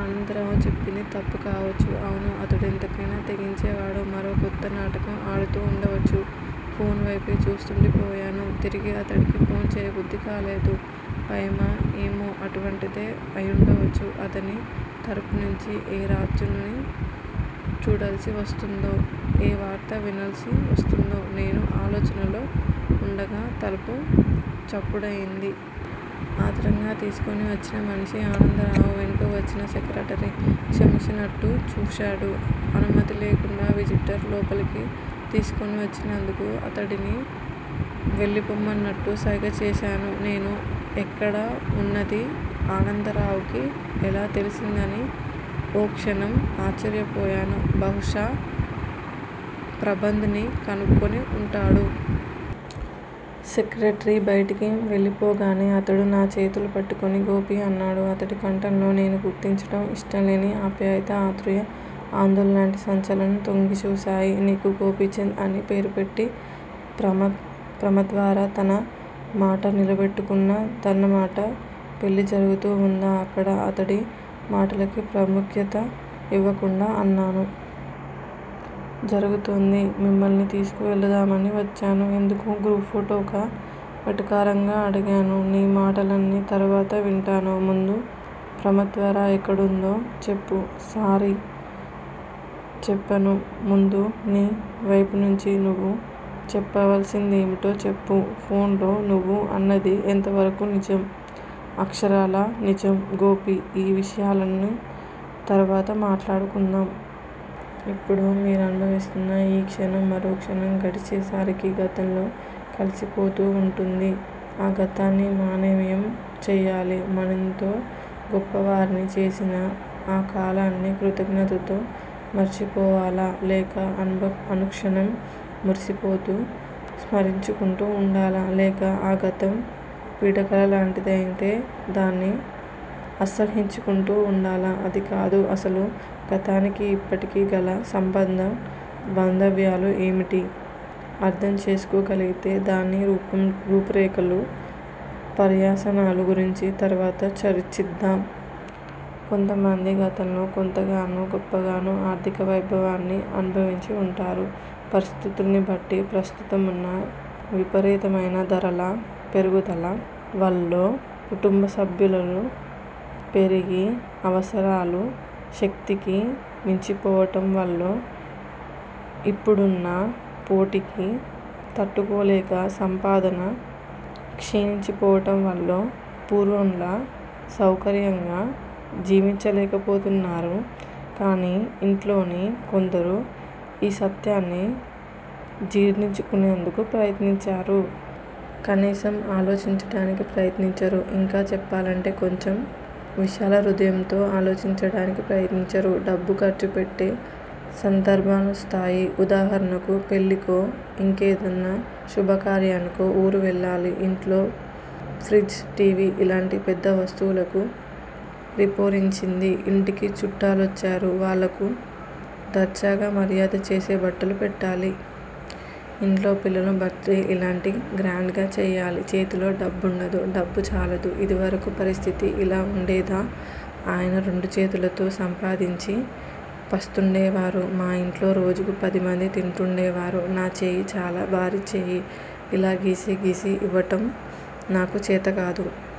ఆనందరావు చెప్పింది తప్పుకావచ్చు. అవును. అతడు ఎంతకయినా తెగించినవాడు. మరో కొత్త నాటకం ఆడుతూ వుండవచ్చు. ఫోన్ వైపే చూస్తూండిపోయాను. తిరిగి అతడికి ఫోన్ చేయబుద్ది కాలేదు. భయమా? ఏమో అటువంటిదే అయివుండవచ్చు. అతని తరపునుంచి ఏ రుజువుని చూడాల్సి వస్తుందో, ఏ వార్త వినవలసి వస్తుందో నేనీ ఆలోచనలో వుండగా తలుపు చప్పుడయింది. ఆత్రంగా తోసుకు వచ్చిన మనిషి- ఆనందరావు. వెనకే వచ్చిన సెక్రటరీ క్షమించమన్నట్టు చూశాడు. అనుమతి లేకుండా విజిటర్ లోపలికి తోసుకు వచ్చినందుకు. అతడిని వెళ్ళిపొమ్మన్నట్టు సైగ చేశాను. నేను ఎక్కడ వున్నదీ ఆనందరావుకి ఎలా తెలిసిందాని ఓ క్షణం ఆశ్చర్యపోయాను. బహుశా ప్రబంధ్ ని కనుక్కుని ఉంటాడు. సెక్రటరీ బయటికి వెళ్ళిపోగానే అతడు నా చేతులు పట్టుకుని 'గోపీ' అన్నాడు. అతడి కంఠంలో నేను గుర్తించటం ఇష్టంలేని ఆప్యాయత, ఆతృత, అదోలాంటి సంచలనం తొంగిచూశాయి. నీకు గోపీచంద్ అని పేరుపెట్టి ప్రమద్వర తన మాట నిలబెట్టుకున్న దన్నమాట. పెళ్ళి జరుగుతూ వుందా అక్కడ? అతడి మాటలకి ప్రాముఖ్యత ఇవ్వకుండా అన్నాను. జరుగుతూంది. మిమ్మల్ని తీసుకువెళ్దామనే వచ్చాను. ఎందుకు? గ్రూఫ్ ఫొటోకా? వెటకారంగా అడిగాను. నీ మాటలన్నీ తరువాత వింటాను. ముందు ప్రమద్వర ఎక్కడుందో చెప్పు. సారీ చెప్పను ముందు నీ వైపునుంచి నువ్వు చెప్పవలసిందేమిటో చెప్పు. ఫోన్ లో నువ్వు అన్నది ఎంతవరకూ నిజం? అక్షరాల నిజం గోపీ ఈ విషయాలన్నీ తరువాత మాట్లాడుకుందాం. ఇప్పుడు మీరనుభవిస్తున్న ఈ క్షణం, మరోక్షణం గడిచేసరికి గతంలో కలిసిపోతూ వుంటుంది. ఆ గతాన్ని మనమేం చేయాలి? మననెంతో గొప్పవారిని చేసిన ఆ కాలాన్ని కృతజ్ఞతతో మరిచిపోవాలా? లేక అనుక్షణం మురిసిపోతూ స్మరించుకుంటూ ఉండాలా? లేక ఆ గతం పీడకలలాంటిదైతే దాన్ని అసహ్యించుకుంటూ వుండాలా? అదికాదు అసలు గతానికీ, ఇప్పటికీ గల సంబంధ బాంధవ్యాలు ఏమిటో అర్ధం చేసుకోగలిగితే, దాని రూపురేఖలూ, పర్యవసానాల గురించి తర్వాత చర్చిద్దాం. కొంతమంది గతంలో కొంతగానో, గొప్పగానో ఆర్ధిక వైభవాన్ని అనుభవించి వుంటారు. పరిస్థితుల్ని బట్టి ప్రస్తుతమున్న విపరీతమైన ధరల పెరుగుదల వల్లో, కుటుంబసభ్యులు పెరిగి, అవసరాలు శక్తికి మించిపోవటం వల్లో, ఇప్పుడున్న పోటీకి తట్టుకోలేక సంపాదన క్షీణించిపోవటంవల్లో పూర్వంలా సౌకర్యంగా జీవించలేకపోతున్నారు. కాని ఇంట్లోని కొందరు ఈ సత్యాన్ని జీర్ణించుకునేందుకు ప్రయత్నించరు. కనీసం ఆలోచించటానికి ప్రయత్నించరు. ఇంకా చెప్పాలంటే కొంచెం విశాలహృదయంతో ఆలోచించడానికి ప్రయత్నించరు. డబ్బు ఖర్చుపెట్టే సందర్భాలొస్తాయి. ఉదాహరణకు పెళ్ళికో, ఇంకేదన్నా శుభకార్యానికో ఊరు వెళ్ళాలి. ఇంట్లో ఫ్రిజ్, టీవీ ఇలాంటి పెద్ద వస్తువులకు రిపేరొచ్చింది. ఇంటికి చుట్టాలొచ్చారు. వాళ్ళకు దర్జాగా మర్యాదలు చేసి బట్టలు పెట్టాలి. ఇంట్లో పిల్లల బర్త్ డే ఇలాంటివి గ్రాండ్ గా చెయ్యాలి. చేతిలో డబ్బుండదు డబ్బు చాలదు. ఇదివరకు పరిస్థితి ఇలా వుండేదా? ఆయన రెండుచేతులతో సంపాదించి పోస్తుండేవారు. మా ఇంట్లో రోజుకు పదిమంది తింటుండేవారు. నా చెయ్యి చాలా భారీ చెయ్యి, ఇలా గీసి గీసి ఇవ్వటం నాకు చేతకాదు.